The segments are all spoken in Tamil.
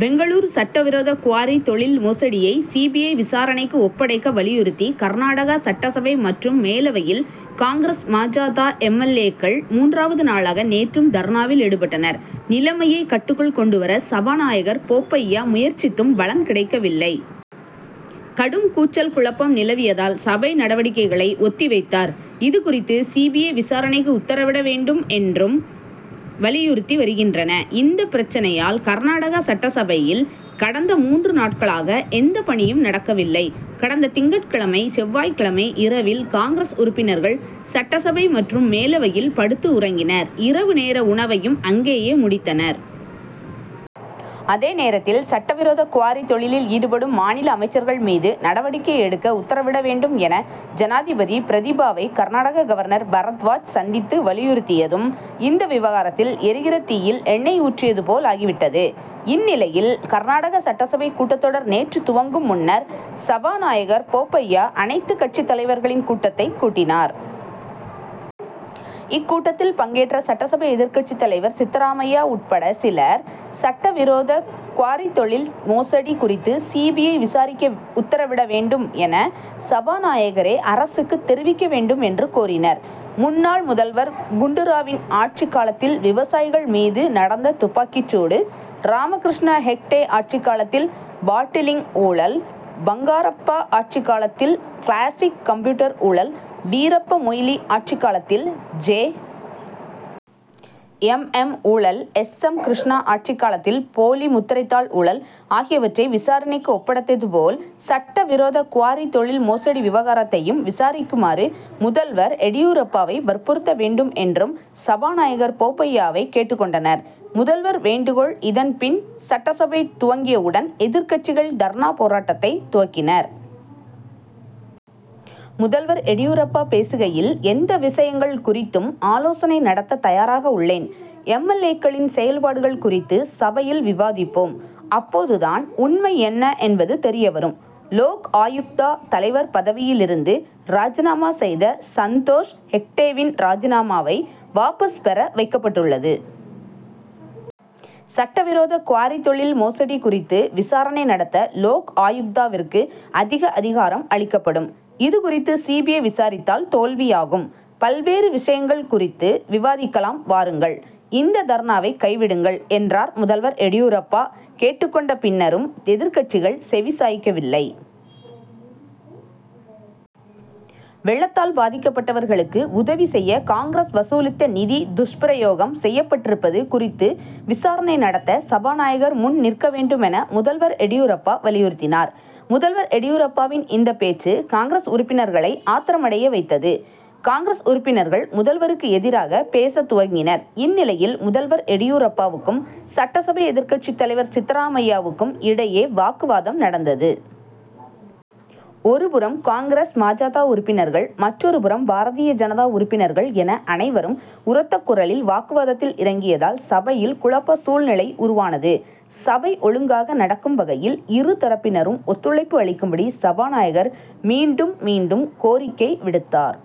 பெங்களூரு சட்ட விரோத குவாரி தொழில் மோசடியை சி. பி. ஐ., விசாரணைக்கு ஒப்படைக்க வலியுறுத்தி, கர்நாடகா சட்டசபை மற்றும் மேலவையில் காங்கிரஸ், ம. ஜ. த., எம். எல். ஏ.,க்கள் மூன்றாவது நாளாக நேற்றும் தர்ணாவில் ஈடுபட்டனர். நிலைமையை கட்டுக்குள் கொண்டு வர சபாநாயகர் போப்பய்யா முயற்சித்தும் பலன் கிடைக்கவில்லை. கடும் கூச்சல், குழப்பம் நிலவியதால், சபை நடவடிக்கைகளை ஒத்தி வைத்தார். இது குறித்து சி. பி. ஐ., விசாரணைக்கு உத்தரவிட வேண்டும் என்றும் வலியுறுத்தி வருகின்றன. இந்தப் பிரச்னையால், கர்நாடகா சட்டசபையில் கடந்த மூன்று நாட்களாக எந்த பணியும் நடக்கவில்லை. கடந்த திங்கட்கிழமை, செவ்வாய் கிழமை இரவில் காங்கிரஸ் உறுப்பினர்கள், சட்டசபை மற்றும் மேலவையில் படுத்து உறங்கினர்; இரவு நேர உணவையும் அங்கேயே முடித்தனர். அதே நேரத்தில், சட்ட விரோத குவாரி தொழிலில் ஈடுபடும் மாநில அமைச்சர்கள் மீது நடவடிக்கை எடுக்க உத்தரவிட வேண்டும் என, ஜனாதிபதி பிரதிபாவை கர்நாடக கவர்னர் பரத்வாஜ் சந்தித்து வலியுறுத்தியதும், இந்த விவகாரத்தில் எரிகிற தீயில் எண்ணெய் ஊற்றியது போலாகிவிட்டது. இந்நிலையில், கர்நாடகா சட்டசபை கூட்டத்தொடர் நேற்று துவங்கும் முன்னர் சபாநாயகர் போப்பய்யா, அனைத்து கட்சித் தலைவர்களின் கூட்டத்தைக் கூட்டினார். இக்கூட்டத்தில் பங்கேற்ற சட்டசபை எதிர்க்கட்சித் தலைவர் சித்தராமையா உட்பட சிலர், சட்ட விரோத குவாரி தொழில் மோசடி குறித்து சி. பி. ஐ., விசாரிக்க உத்தரவிட வேண்டும் என, சபாநாயகரே அரசுக்கு தெரிவிக்க வேண்டும் என்று கோரினர். முன்னாள் முதல்வர் குண்டு ராவின் ஆட்சிக் காலத்தில் விவசாயிகள் மீது நடந்த துப்பாக்கிச் சூடு, ராமகிருஷ்ண ஹெக்டே ஆட்சிக் காலத்தில் பாட்டிலிங் ஊழல், பங்காரப்பா ஆட்சிக் காலத்தில் கிளாசிக் கம்ப்யூட்டர் ஊழல், வீரப்ப மொய்லி ஆட்சிக் காலத்தில் ஜெ. எம். எம்., ஊழல், எஸ். எம். கிருஷ்ணா ஆட்சிக் காலத்தில் போலி முத்திரைத்தாள் ஊழல் ஆகியவற்றை விசாரணைக்கு ஒப்படைத்தது போல, சட்ட விரோத குவாரி தொழில் மோசடி விவகாரத்தையும் விசாரிக்குமாறு முதல்வர் எடியூரப்பாவை வற்புறுத்த வேண்டும் என்றும் சபாநாயகர் போப்பய்யாவை கேட்டுக் கொண்டனர். முதல்வர் வேண்டுகோள் இதன் பின், சட்டசபை துவங்கியவுடன் எதிர்க்கட்சிகள் தர்ணா போராட்டத்தை துவக்கினர். முதல்வர் எடியூரப்பா பேசுகையில், எந்த விஷயங்கள் குறித்தும் ஆலோசனை நடத்த தயாராக உள்ளேன். எம். எல். ஏ.,க்களின் செயல்பாடுகள் குறித்து சபையில் விவாதிப்போம்; அப்போது தான் உண்மை என்ன என்பது தெரியவரும். லோக் ஆயுக்தா தலைவர் பதவியிலிருந்து ராஜினாமா செய்த சந்தோஷ் ஹெக்டேவின் ராஜினாமாவை வாபஸ் பெற வைக்கப்பட்டுள்ளது. சட்ட விரோத குவாரி தொழில் மோசடி குறித்து விசாரணை நடத்த, லோக் ஆயுக்தாவிற்கு அதிக அதிகாரம் அளிக்கப்படும். இது குறித்து சி. பி. ஐ., விசாரித்தால் தோல்வியாகும். பல்வேறு விஷயங்கள் குறித்து விவாதிக்கலாம் வாருங்கள்; இந்த தர்ணாவை கைவிடுங்கள், என்றார். முதல்வர் எடியூரப்பா கேட்டுக் கொண்ட பின்னரும், எதிர்க்கட்சிகள் செவி சாய்க்கவில்லை. வெள்ளத்தால் பாதிக்கப்பட்டவர்களுக்கு உதவி செய்ய காங்கிரஸ் வசூலித்த நிதி துஷ்பிரயோகம் செய்யப்பட்டிருப்பது குறித்து விசாரணை நடத்த, சபாநாயகர் முன் நிற்க வேண்டுமென முதல்வர் எடியூரப்பா வலியுறுத்தினார். முதல்வர் எடியூரப்பாவின் இந்த பேச்சு, காங்கிரஸ் உறுப்பினர்களை ஆத்திரமடையவைத்தது. காங்கிரஸ் உறுப்பினர்கள், முதல்வருக்கு எதிராக பேசத் துவங்கினர். இந்நிலையில், முதல்வர் எடியூரப்பாவுக்கும், சட்டசபை எதிர்க்கட்சித் தலைவர் சித்தராமையாவுக்கும் இடையே வாக்குவாதம் நடந்தது. ஒரு புறம் காங்கிரஸ், ம. ஜ. த., உறுப்பினர்கள், மற்றொரு புறம் பாரதிய ஜனதா உறுப்பினர்கள் என அனைவரும் உரத்த குரலில் வாக்குவாதத்தில் இறங்கியதால், சபையில் குழப்ப சூழ்நிலை உருவானது. சபை ஒழுங்காக நடக்கும் வகையில் இரு தரப்பினரும் ஒத்துழைப்பு அளிக்கும்படி சபாநாயகர் மீண்டும் மீண்டும் கோரிக்கை விடுத்தார்.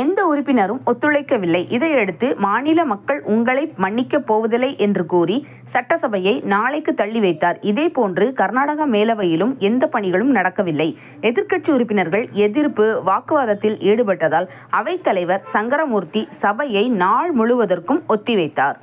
எந்த உறுப்பினரும் ஒத்துழைக்கவில்லை. இதையடுத்து, மாநில மக்கள் உங்களை மன்னிக்கப் போவதில்லை என்று கூறி, சட்டசபையை நாளைக்கு தள்ளி வைத்தார். இதே போன்று கர்நாடகா மேலவையிலும் எந்த பணிகளும் நடக்கவில்லை. எதிர்க்கட்சி உறுப்பினர்கள் எதிர்ப்பு, வாக்குவாதத்தில் ஈடுபட்டதால் அவைத் தலைவர் சங்கரமூர்த்தி, சபையை நாள் முழுவதற்கும் ஒத்தி வைத்தார்.